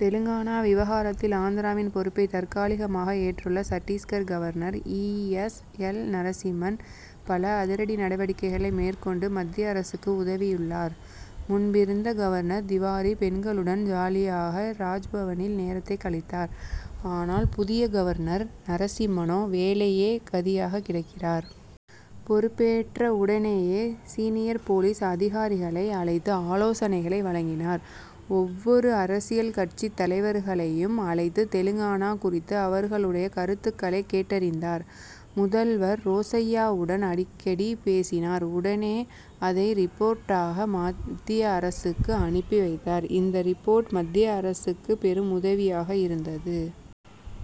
தெலுங்கானா விவகாரத்தில், ஆந்திராவின் பொறுப்பை தற்காலிகமாக ஏற்றுள்ள Chhattisgarh governor E. S. L. Narasimhan, பல அதிரடி நடவடிக்கைகளை மேற்கொண்டு, மத்திய அரசுக்கு உதவியுள்ளார். முன்பிருந்த கவர்னர் திவாரி, பெண்களுடன் ஜாலியாக ராஜ்பவனில் நேரத்தை கழித்தார். ஆனால், புதிய கவர்னர் நரசிம்மனோ வேலையே கதியாக கிடக்கிறார். பொறுப்பேற்ற உடனேயே, சீனியர் போலீஸ் அதிகாரிகளை அழைத்து ஆலோசனைகளை வழங்கினார். ஒவ்வொரு அரசியல் கட்சித் தலைவர்களையும் அழைத்து, தெலுங்கானா குறித்து அவர்களுடைய கருத்துக்களை கேட்டறிந்தார். முதல்வர் ரோசய்யாவுடனும் அடிக்கடி பேசினார். உடனே அதை ரிப்போர்ட்டாக மத்திய அரசுக்கு அனுப்பி வைத்தார். இந்த ரிப்போர்ட், மத்திய அரசுக்கு பெரும் உதவியாக இருந்தது.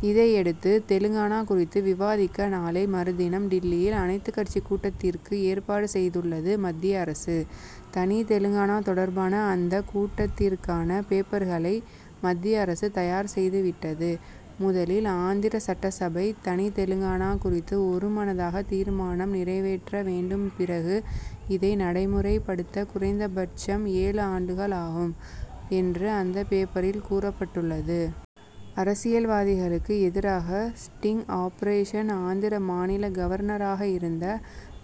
இதையெடுத்து, தெலுங்கானா குறித்து விவாதிக்க, நாளை மறுதினம் டில்லியில் அனைத்துக் கட்சிக் கூட்டத்திற்கு ஏற்பாடு செய்துள்ளது மத்திய அரசு. தனி தெலுங்கானா தொடர்பான அந்த கூட்டத்திற்கான பேப்பர்களை மத்திய அரசு தயார் செய்துவிட்டது. முதலில் ஆந்திர சட்டசபை தனி தெலுங்கானா குறித்து ஒருமனதாக தீர்மானம் நிறைவேற்ற வேண்டும் பிறகு, இதை நடைமுறை படுத்த குறைந்த பட்சம் ஏழு ஆண்டுகள் ஆகும் என்று அந்த பேப்பரில் கூறப்பட்டுள்ளது. அரசியல்வாதிகளுக்கு எதிராக ஸ்டிங் ஆபரேஷன் ஆந்திர மாநில கவர்னராக இருந்த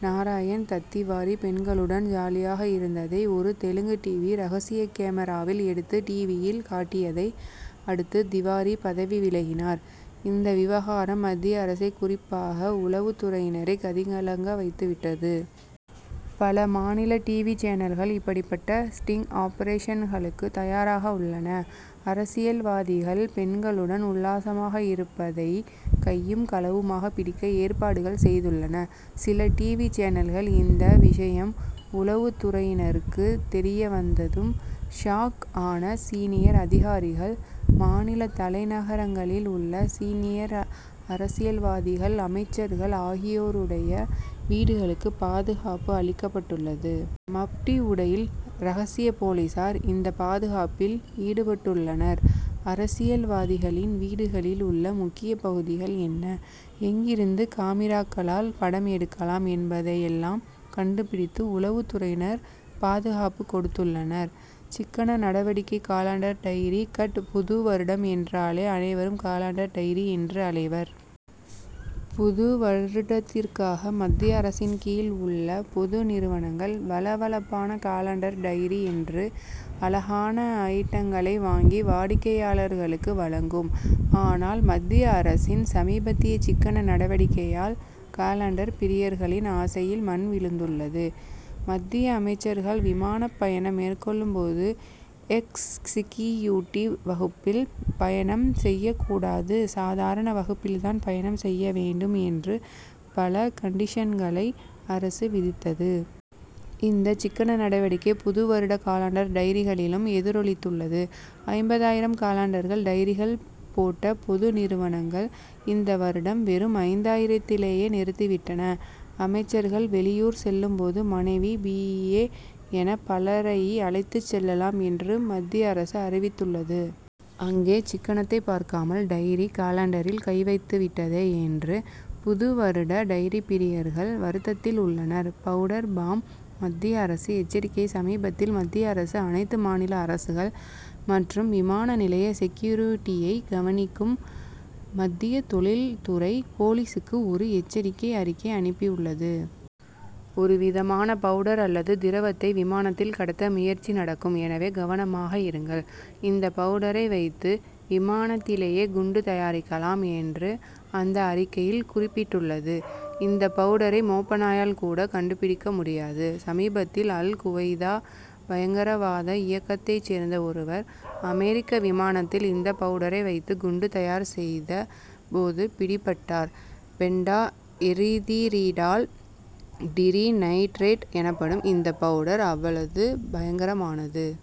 நாராயண் தத்திவாரி, பெண்களுடன் ஜாலியாக இருந்ததை, ஒரு தெலுங்கு 'டிவி' ரகசிய கேமிராவில் எடுத்து, டிவியில் காட்டியதை அடுத்து, திவாரி பதவி விலகினார். இந்த விவகாரம் மத்திய அரசை குறிப்பாக உளவுத் துறையினரை கதி கலங்க வைத்துவிட்டது. பல மாநில 'டிவி' சேனல்கள், இப்படிப்பட்ட ஸ்டிங் ஆபரேஷன்களுக்கு தயாராக உள்ளன. அரசியல்வாதிகள் பெண்களுடன் உல்லாசமாக இருப்பதை கையும், களவுமாக பிடிக்க ஏற்பாடுகள் செய்துள்ளன சில 'டிவி' சேனல்கள். இந்த விஷயம் உளவுத் துறையினருக்கு தெரிய வந்ததும் 'ஷாக்' ஆன சீனியர் அதிகாரிகள். மாநில தலைநகரங்களில் உள்ள சீனியர் அரசியல்வாதிகள் அமைச்சர்கள் ஆகியோருடைய வீடுகளுக்கு, பாதுகாப்பு அதிகரிக்கப்பட்டுள்ளது. மப்டி உடையில் ரகசிய போலீசார் இந்த பாதுகாப்பில் ஈடுபட்டுள்ளனர். அரசியல்வாதிகளின் வீடுகளில் உள்ள முக்கிய பகுதிகள் என்ன? எங்கிருந்து காமிராக்களால் படம் எடுக்கலாம் என்பதையெல்லாம் கண்டுபிடித்து, உளவுத் துறையினர் பாதுகாப்பு கொடுத்துள்ளனர். சிக்கன நடவடிக்கை காலண்டர், டைரி 'கட்' புது வருடம் என்றாலே அனைவரும் காலண்டர், டைரி என்று அலைவர். புது வருடத்திற்காக மத்திய அரசின் கீழ் உள்ள பொது நிறுவனங்கள் வழ வழப்பான காலண்டர், டைரி என்று அழகான அயிட்டங்களை வாங்கி, வாடிக்கையாளர்களுக்கு வழங்கும். ஆனால், மத்திய அரசின் சமீபத்திய சிக்கன நடவடிக்கையால், காலண்டர் பிரியர்களின் ஆசையில் மண் விழுந்துள்ளது. 'மத்திய அமைச்சர்கள் விமானப் பயணம் மேற்கொள்ளும் போது எக்சிகியூடிவ் வகுப்பில் பயணம் செய்யக்கூடாது சாதாரண வகுப்பில் தான் பயணம் செய்ய வேண்டும்' என்று, பல கண்டிஷன்களை அரசு விதித்தது. இந்த சிக்கன நடவடிக்கை புது வருட காலண்டர், டைரிகளிலும் எதிரொலித்துள்ளது. ஐம்பதாயிரம் காலண்டர்கள், டைரிகள் போட்ட பொது நிறுவனங்கள், இந்த வருடம் வெறும் ஐந்தாயிரத்திலேயே நிறுத்திவிட்டன. 'அமைச்சர்கள் வெளியூர் செல்லும் போது மனைவி, பி. ஏ. என பலரை அழைத்துச் செல்லலாம் என்று, மத்திய அரசு அறிவித்துள்ளது. அங்கே சிக்கனத்தைப் பார்க்காமல் டைரி, காலண்டரில் கை வைத்துவிட்டதே என்று புது வருட டைரி பிரியர்கள் வருத்தத்தில் உள்ளனர். 'பவுடர் பாம்' மத்திய அரசு எச்சரிக்கை சமீபத்தில் மத்திய அரசு, அனைத்து மாநில அரசுகள் மற்றும் விமான நிலைய செக்யூரிடியை கவனிக்கும் மத்திய தொழில்துறை போலீசுக்கு ஒரு எச்சரிக்கை அறிக்கை அனுப்பியுள்ளது. ஒரு விதமான பவுடர் அல்லது திரவத்தை விமானத்தில் கடத்த முயற்சி நடக்கும். எனவே கவனமாக இருங்கள். இந்த பவுடரை வைத்து விமானத்திலேயே குண்டு தயாரிக்கலாம்' என்று அந்த அறிக்கையில் குறிப்பிட்டுள்ளது. இந்த பவுடரை மோப்ப நாயால் கூட கண்டுபிடிக்க முடியாது. சமீபத்தில், அல் குவைதா பயங்கரவாத இயக்கத்தைச் சேர்ந்த ஒருவர், அமெரிக்க விமானத்தில் இந்த பவுடரை வைத்து குண்டு தயார் செய்த போது பிடிபட்டார். பென்டா எரிதிரிடால் டிரிநைட்ரேட் எனப்படும் இந்த பவுடர் அவ்வளவு பயங்கரமானது.